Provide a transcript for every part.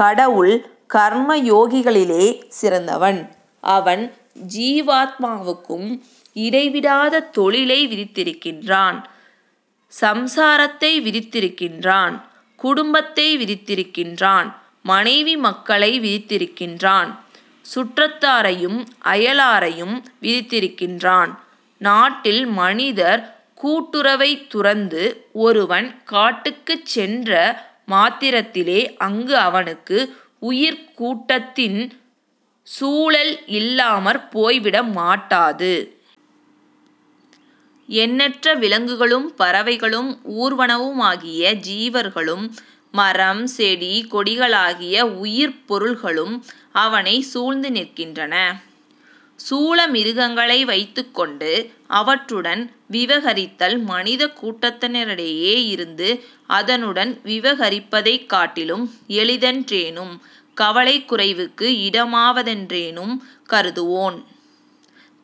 கடவுள் கர்ம யோகிகளிலே சிறந்தவன். அவன் ஜீவாத்மாவுக்கும் இடைவிடாத தொழிலை விதித்திருக்கின்றான் சம்சாரத்தை விதித்திருக்கின்றான்; குடும்பத்தை விதித்திருக்கின்றான் மனைவி மக்களை விதித்திருக்கின்றான் சுற்றத்தாரையும் அயலாரையும் விதித்திருக்கின்றான். நாட்டில் மனிதர் கூட்டுறவைத் துறந்து ஒருவன் காட்டுக்குச் சென்ற மாத்திரத்திலே அங்கு அவனுக்கு உயிர்க் கூட்டத்தின் சூழல் இல்லாமற் போய்விட மாட்டாது. எண்ணற்ற விலங்குகளும், பறவைகளும், ஊர்வனவுமாகிய ஜீவர்களும், மரம், செடி, கொடிகளாகிய உயிர்ப் பொருள்களும் அவனைச் சூழ்ந்து நிற்கின்றன. சூழ மிருகங்களை வைத்துக் கொண்டு, அவற்றுடன் விவகரித்தல் மனிதக் கூட்டத்தினரிடையே இருந்து அதனுடன் விவகரிப்பதைக் காட்டிலும் எளிதென்றேனும் கவலைக் குறைவுக்கு இடமாவதென்றேனும் கருதுவோன்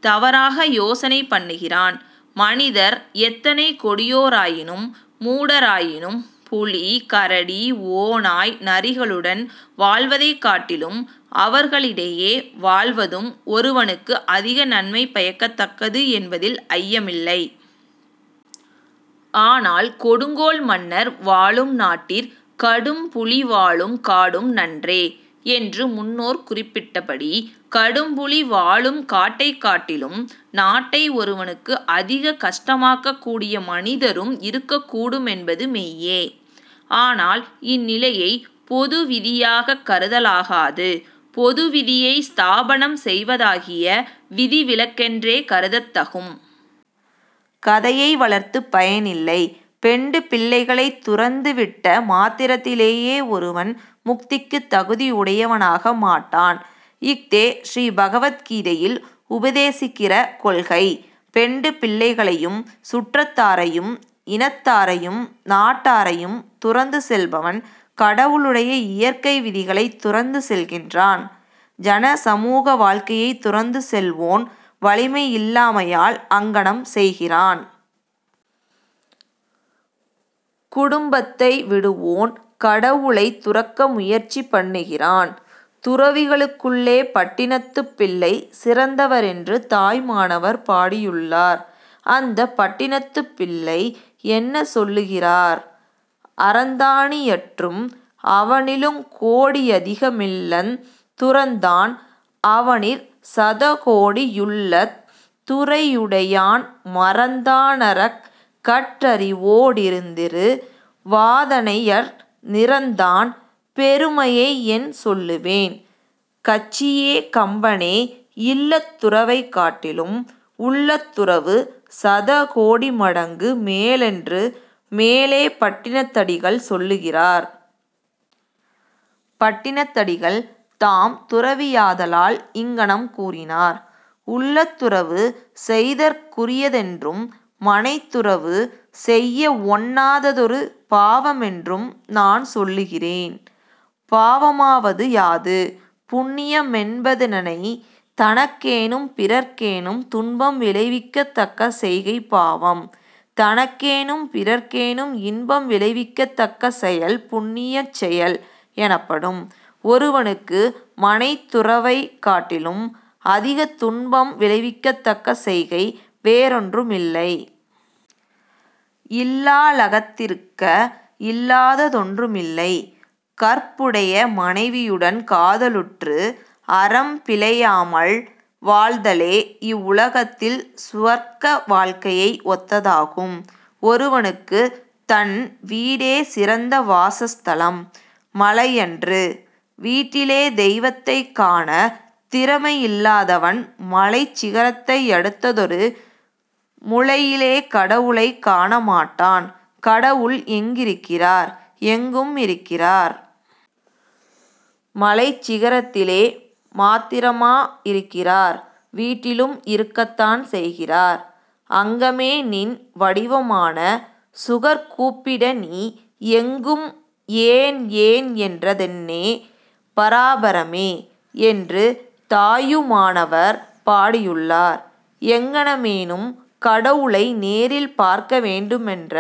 தவறாக யோசனை பண்ணுகிறான். மனிதர் எத்தனை கொடியோராயினும், மூடராயினும், புலி, கரடி, ஓநாய் நரிகளுடன் வாழ்வதைக் காட்டிலும் அவர்களிடையே வாழ்வதும் ஒருவனுக்கு அதிக நன்மை பயக்கத் தக்கது என்பதில் ஐயமில்லை. ஆனால், 'கொடுங்கோல் மன்னர் வாழும் நாட்டிற் கடும்புலி வாழும் காடும் நன்றே' என்று முன்னோர் குறிப்பிட்டபடி, கடும்புலி வாழும் காட்டைக் காட்டிலும் நாட்டை ஒருவனுக்கு அதிக கஷ்டமாக்கக்கூடிய மனிதரும் இருக்கக் கூடுமென்பது மெய்யே. ஆனால் இந்நிலையைப் பொது விதியாகக் கருதலாகாது. பொது விதியை ஸ்தாபனம் செய்வதாகிய விதிவிலக்கென்றே கருதத் தகும். கதையை வளர்த்துப் பயனில்லை. பெண்டு பிள்ளைகளைத் துறந்துவிட்ட மாத்திரத்திலேயே ஒருவன் முக்திக்குத் தகுதியுடையவனாக மாட்டான். இஃதே ஸ்ரீபகவத் கீதையில் உபதேசிக்கிற கொள்கை. பெண்டு பிள்ளைகளையும் சுற்றத்தாரையும் இனத்தாரையும் நாட்டாரையும் துறந்து செல்பவன் கடவுளுடைய இயற்கை விதிகளைத் துறந்து செல்கின்றான். ஜன சமூக வாழ்க்கையைத் துறந்து செல்வோன் வலிமையில்லாமையால் அங்ஙனம் செய்கிறான். குடும்பத்தை விடுவோன் கடவுளைத் துறக்க முயற்சி பண்ணுகிறான். துறவிகளுக்குள்ளே பட்டினத்துப் பிள்ளை சிறந்தவரென்று தாயுமானவர் பாடியுள்ளார். அந்தப் பட்டினத்துப் பிள்ளை என்ன சொல்லுகிறார்? அறந்தானியற்றும் அவனிலுங் கோடியதிக மில்லந் துறந்தான் அவனிற் சதகோடி யுள்ளத் துறையுடையான் மறந்தா னறக் கற்றறிவோ டிருந்திரு வாதனையற் நிறந்தான் பெருமையை என் சொல்லுவேன் கச்சியே கம்பனே இல்லத் துறவைக் காட்டிலும் உள்ளத் துறவு சதகோடி மடங்கு மேலென்று மேலே பட்டினத்தடிகள் சொல்லுகிறார். பட்டினத்தடிகள் தாம் துறவியாதலால் இங்ஙனம் கூறினார். உள்ளத் துறவு செய்தற்குரியதென்றும் மனைத் துறவு செய்யவொண்ணாததொரு பாவமென்றும் நான் சொல்லுகிறேன். பாவமாவது யாது? புண்ணியமென்பதெனனை? தனக்கேனும் பிறர்க்கேனும் துன்பம் விளைவிக்கத் தக்க செய்கை பாவம். தனக்கேனும் பிறர்க்கேனும் இன்பம் விளைவிக்கத்தக்க செயல் புண்ணியச் செயல் எனப்படும். ஒருவனுக்கு மனைத் துறவைக் காட்டிலும் அதிகத் துன்பம் விளைவிக்கத்தக்க செய்கை வேறொன்றுமில்லை. 'இல்லா ளகத்திருக்க இல்லாத தொன்றுமில்லை கற்புடைய மனைவியுடன் காதலுற்று, அறம் பிழையாமல் வாழ்தலே இவ்வுலகத்தில் சுவர்க்க வாழ்க்கையை ஒத்ததாகும். ஒருவனுக்குத் தன் வீடே சிறந்த வாசஸ்தலம். மலையன்று. வீட்டிலே தெய்வத்தைக் காணத் திறமையில்லாதவன் மலைச் சிகரத்தையடுத்ததொரு முழையிலே கடவுளைக் காணமாட்டான். கடவுள் எங்கிருக்கிறார்? எங்கும் இருக்கிறார். மலைச் சிகரத்திலே மாத்திரமா இருக்கிறார்? வீட்டிலும் இருக்கத்தான் செய்கிறார். அங்கமே நின் வடிவமான சுகர்கூப்பிட நீ எங்கும் 'ஏன்? ஏன்? ' என்ற தென்னே பராபரமே? என்று தாயுமானவர் பாடியுள்ளார். எங்ஙனமேனும், கடவுளை நேரில் பார்க்க வேண்டுமென்ற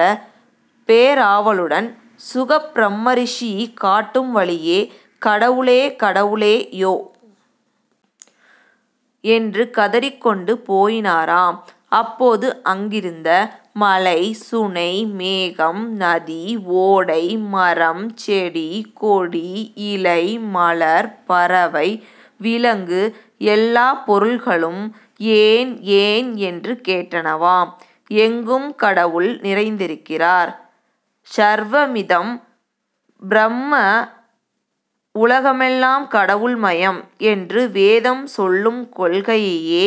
பேராவலுடன், சுகப் பிரம்மரிஷி காட்டும் வழியே, 'கடவுளே, கடவுளே யோ! ' என்று கதறிக்கொண்டு போயினாராம். அப்போது அங்கிருந்த மலை, சுனை, மேகம், நதி, ஓடை, மரம், செடி, கொடி, இலை, மலர், பறவை, விலங்கு எல்லாப் பொருள்களும் 'ஏன்? ஏன்? ' என்று கேட்டனவாம். எங்கும் கடவுள் நிறைந்திருக்கிறார். 'ஸர்வமிதம் ப்ரஹ்ம' உலகமெல்லாம் கடவுள் மயம் என்று வேதம் சொல்லும் கொள்கையையே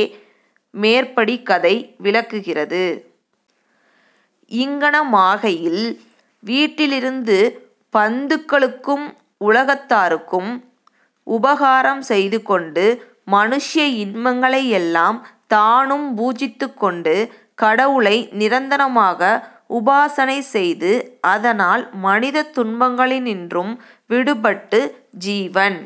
மேற்படி கதை விளக்குகிறது. இங்ஙனமாகையில் வீட்டிலிருந்து பந்துக்களுக்கும் உலகத்தாருக்கும் உபகாரம் செய்துகொண்டு, மனுஷ்ய இன்பங்களையெல்லாம் தானும் பூஜித்துக்கொண்டு, கடவுளை நிரந்தரமாக உபாசனை செய்து, அதனால் மனிதத் துன்பங்களினின்றும் விடுபட்டு, ஜீவன்